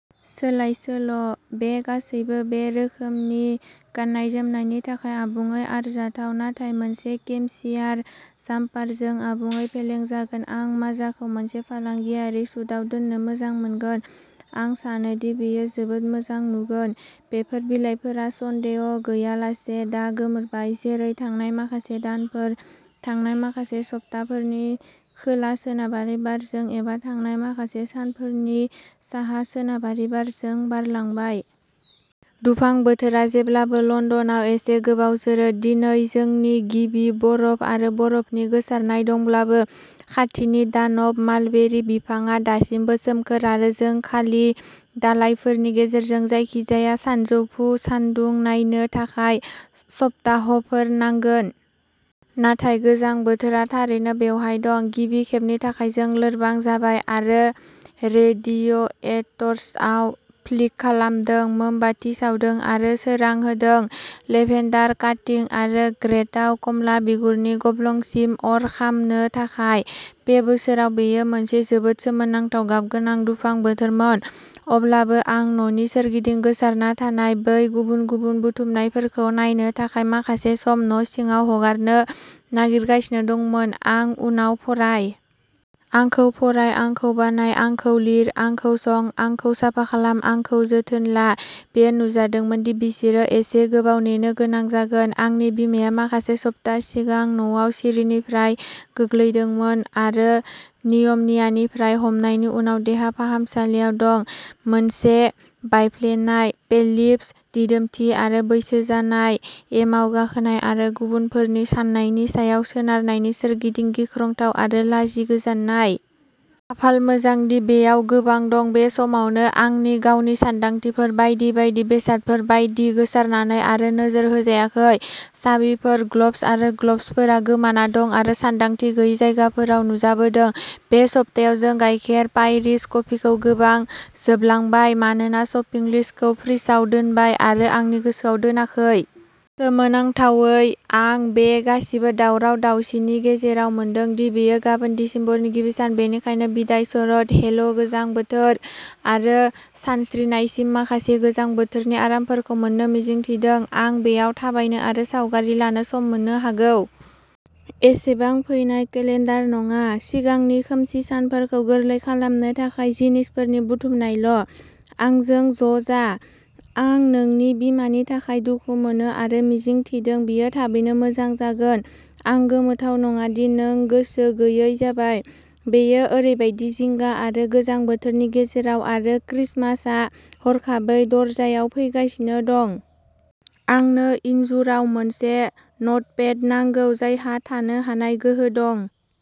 "सोलायसोल"। बे गासैबो बे रोखोमनि गाननाय-जोमनायनि थाखाय आबुङै आरजाथाव। नाथाय मोनसे केसमियार जाम्पारजों आबुङै फेलें जागोन! आं माजाखौ मोनसे फालांगियारि सुटआव दोननो मोजां मोनगोन, आं सानो दि बेयो जोबोद मोजां नुगोन। बेफोर बिलाइफोरा सन्देह गैयालासे दा गोमोरबाय, जेरै थांनाय माखासे दानफोर, थांनाय माखासे सप्ताफोरनि खोला-सोनाबारि बारजों एबा थांनाय माखासे सानफोरनि साहा-सोनाबारि बारजों बारलांबाय। दुफां बोथोरा जेब्लाबो लन्दनाव एसे गोबाव जोरो। दिनै जोंनि गिबि बरफ आरो बरफनि गोसारनाय दंब्लाबो, खाथिनि दानब मालबेरि बिफांआ दासिमबो सोमखोर आरो जों खालि दालाइफोरनि गेजेरजों जायखिजाया सानजौफु सानदुं नायनो थाखाय सप्ताहफोर नांगोन। नाथाय गोजां बोथोरा थारैनो बेवहाय दं। गिबि खेबनि थाखाय जों लोरबां जाबाय आरो रेडिएटर्सआव फ्लिक खालामदों, मोमबाति सावदों आरो सोरां होदों। लेभेन्डार काटिं आरो ग्रेतआव खमला बिगुरनि गब्लंसिम अर खामनो थाखाय। बे बोसोराव बेयो मोनसे जोबोद सोमोनांथाव, गाबगोनां दुफां बोथोरमोन, अब्लाबो आं न'नि सोरगिदिं गोसारना थानाय बै गुबुन-गुबुन बुथुमनायफोरखौ नायनो थाखाय माखासे सम न'सिङाव हगारनो नागिरगासिनो दंमोन, "आं उनाव फराय! आंखौ फराय। आंखौ बानाय। आंखौ लिर। आंखौ सं। आंखौ साफा खालाम। आंखौ जोथोन ला।" बेयो नुजादोंमोन दि बिसोरो एसे गोबाव नेनो गोनां जागोन। आंनि बिमाया माखासे सप्ता सिगां न'आव सिरिनिफ्राय गोग्लैदोंमोन आरो निउम'नियानिफ्राय हामनायनि उनाव देहा फाहामसालियाव दं, मोनसे बायफ्लेनाय पेल्भिस, दिदोमथि आरो बैसो जानाय, एमाव गाखोनाय आरो गुबुनफोरनि साननायनि सायाव सोनारनायनि सोरगिदिं गिख्रंथाव आरो लाजिगोजानाय। खाफाल मोजां दि बेयाव गोबां दं। बे समावनो, आंनि गावनि सानदांथिफोर, बायदि बायदि बेसादफोर बायदि, गोसारनानै आरो नोजोर होजायाखै। साबिफोर ग्लब्स आरो ग्लब्सफोरा गोमाना दं आरो सानदांथि गैयै जायगाफोराव नुजाबोदों। बे सप्तायाव जों गाइखेर, पायरिज, कफिखौ गोबां जोबलांबाय मानोना शपिं लिस्टखौ फ्रिजआव दोनबाय आरो आंनि गोसोआव दोनाखै। सोमोनांथावै, आं बे गासिबो दावराव-दावसिनि गेजेराव मोनदों दि बेयो गाबोन दिसेम्बरनि गिबि सान। बेनिखायनो बिदाइ शरद, हेलो गोजां बोथोर। आरो सानस्रिनायसिम माखासे गोजां बोथोरनि आरामफोरखौ मोन्नो मिजिं थिदों। आं बेयाव थाबायनो आरो सावगारि लानो सम मोननो हागौ। एसेबां फैनाय केलेन्डार नङा, सिगांनि खोमसि सानफोरखौ गोरलै खालामनो थाखाय जिनिसफोरनि बुथुमनायल'। आंजों ज'जा। आं नोंनि बिमानि थाखाय दुखु मोनो आरो मिजिं थिदों बियो थाबैनो मोजां जागोन। आं गोमोथाव नङा दि नों गोसो गैयै जाबाय, बेयो ओरैबादि जिंगा आरो गोजां बोथोरनि गेजेराव आरो क्रिसमासआ हरखाबै दरजायाव फैगासिनो दं। आंनो इन्जुराव मोनसे नटपेड नांगौ जायहा थानो हानाय गोहो दं।